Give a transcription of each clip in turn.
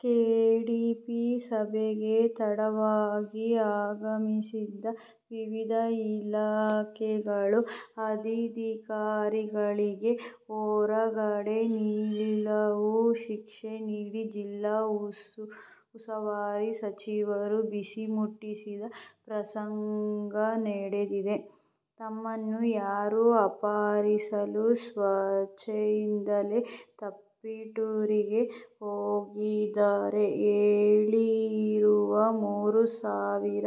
KDP ಸಭೆಗೆ ತಡವಾಗಿ ಆಗಮಿಸಿದ ವಿವಿಧ ಇಲಾಖೆಗಳ ಅಧಿಧಿಕಾರಿಗಳಿಗೆ ಹೊರಗಡೆ ನಿಲ್ಲುವ ಶಿಕ್ಷೆ ನೀಡಿ ಜಿಲ್ಲಾ ಉಸ್ತುವಾರಿ ಸಚಿವರು ಬಿಸಿ ಮುಟ್ಟಿಸಿದ ಪ್ರಸಂಗ ನಡೆದಿದೆ. ತಮ್ಮನ್ನು ಯಾರೂ ಅಪಹರಿಸಿಲ್ಲ. ಸ್ವ ಇಚ್ಛೆಯಿಂದಲೇ ತಿಪಟೂರಿಗೆ ಹೋಗಿದ್ದಾಗಿ ಹೇಳಿರುವ ಮೂರು ಸಾವಿರ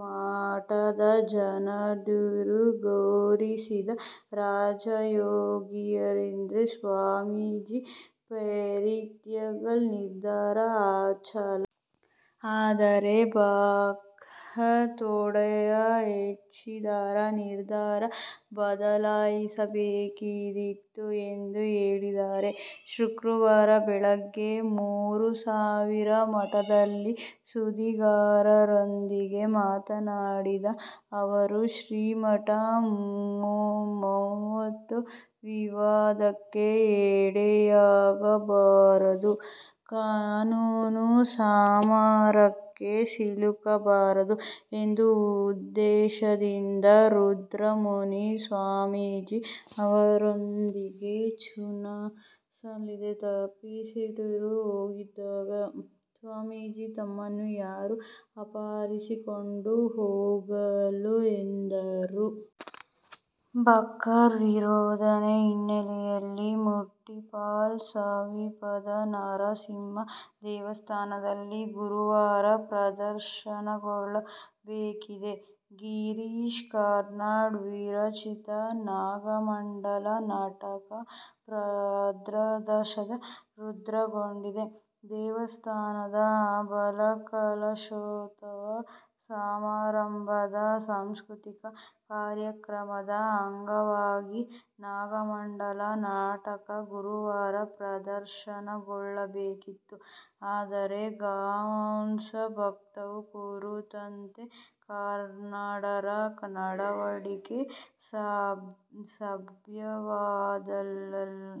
ಮಠದ ಜಗದ್ಗುರು ಗುರುಸಿದ್ದ ರಾಜಯೋಗೀಂದ್ರ ಸ್ವಾಮೀಜಿ, ಪೀಠತ್ಯಾಗ ನಿರ್ಧಾರ ಅಚಲ. ಆದರೆ ಭಕ್ತರ ಒತ್ತಡ ಹೆಚ್ಚಿದರೆ ನಿರ್ಧಾರ ಬದಲಿಸಬೇಕಾದೀತು ಎಂದು ಹೇಳಿದ್ದಾರೆ. ಶುಕ್ರವಾರ ಬೆಳಿಗ್ಗೆ ಮೂರುಸಾವಿರ ಮಠದಲ್ಲಿ ಸುದ್ದಿಗಾರರೊಂದಿಗೆ ಮಾತನಾಡಿದ ಅವರು, ಶ್ರೀಮಠ ಮತ್ತೂಮ್ಮೆ ವಿವಾದಕ್ಕೆ ಎಡೆಯಾಗಬಾರದು, ಕಾನೂನು ಸಮರಕ್ಕೆ ಸಿಲುಕಬಾರದು ಎಂಬ ಉದ್ದೇಶದಿಂದ ರುದ್ರಮುನಿ ಸ್ವಾಮೀಜಿ ಅವರೊಂದಿಗೆ ಚರ್ಚಿಸಲು ತಿಪಟೂರಿಗೆ ಹೋಗಿದ್ದಾಗಿ ಸ್ಪಷ್ಟಪಡಿಸಿದ ಸ್ವಾಮೀಜಿ, ತಮ್ಮನ್ನು ಯಾರೂ ಅಪಹರಿಸಿಕೊಂಡು ಹೋಗಿಲ್ಲ ಎಂದರು. ಭಕ್ತರ ವಿರೋಧದ ಹಿನ್ನೆಲೆಯಲ್ಲಿ ಮಣಿಪಾಲ ಸಮೀಪದ ನರಸಿಂಗೆ ದೇವಸ್ಥಾನದಲ್ಲಿ ಗುರುವಾರ ಪ್ರದರ್ಶನಗೊಳ್ಳಬೇಕಿದ್ದ ಗಿರೀಶ್ ಕಾರ್ನಾಡ್ ವಿರಚಿತ "ನಾಗಮಂಡಲ' ನಾಟಕ ಪ್ರದರ್ಶನ ರದ್ದುಗೊಂಡಿದೆ. ದೇವಸ್ಥಾನದ ಬ್ರಹ್ಮಕಲಶೋತ್ಸವ ಸಮಾರಂಭದ ಸಾಂಸ್ಕೃತಿಕ ಕಾರ್ಯಕ್ರಮದ ಅಂಗವಾಗಿ "ನಾಗಮಂಡಲ' ನಾಟಕ ಗುರುವಾರ ಪ್ರದರ್ಶನಗೊಳ್ಳಬೇಕಿತ್ತು. ಆದರೆ, "ಗೋಮಾಂಸ ಭಕ್ಷಣೆ ಕುರಿತಂತೆ ಕಾರ್ನಾಡರ ನಡವಳಿಕೆ ಸಭ್ಯವಾದದ್ದಲ್ಲ.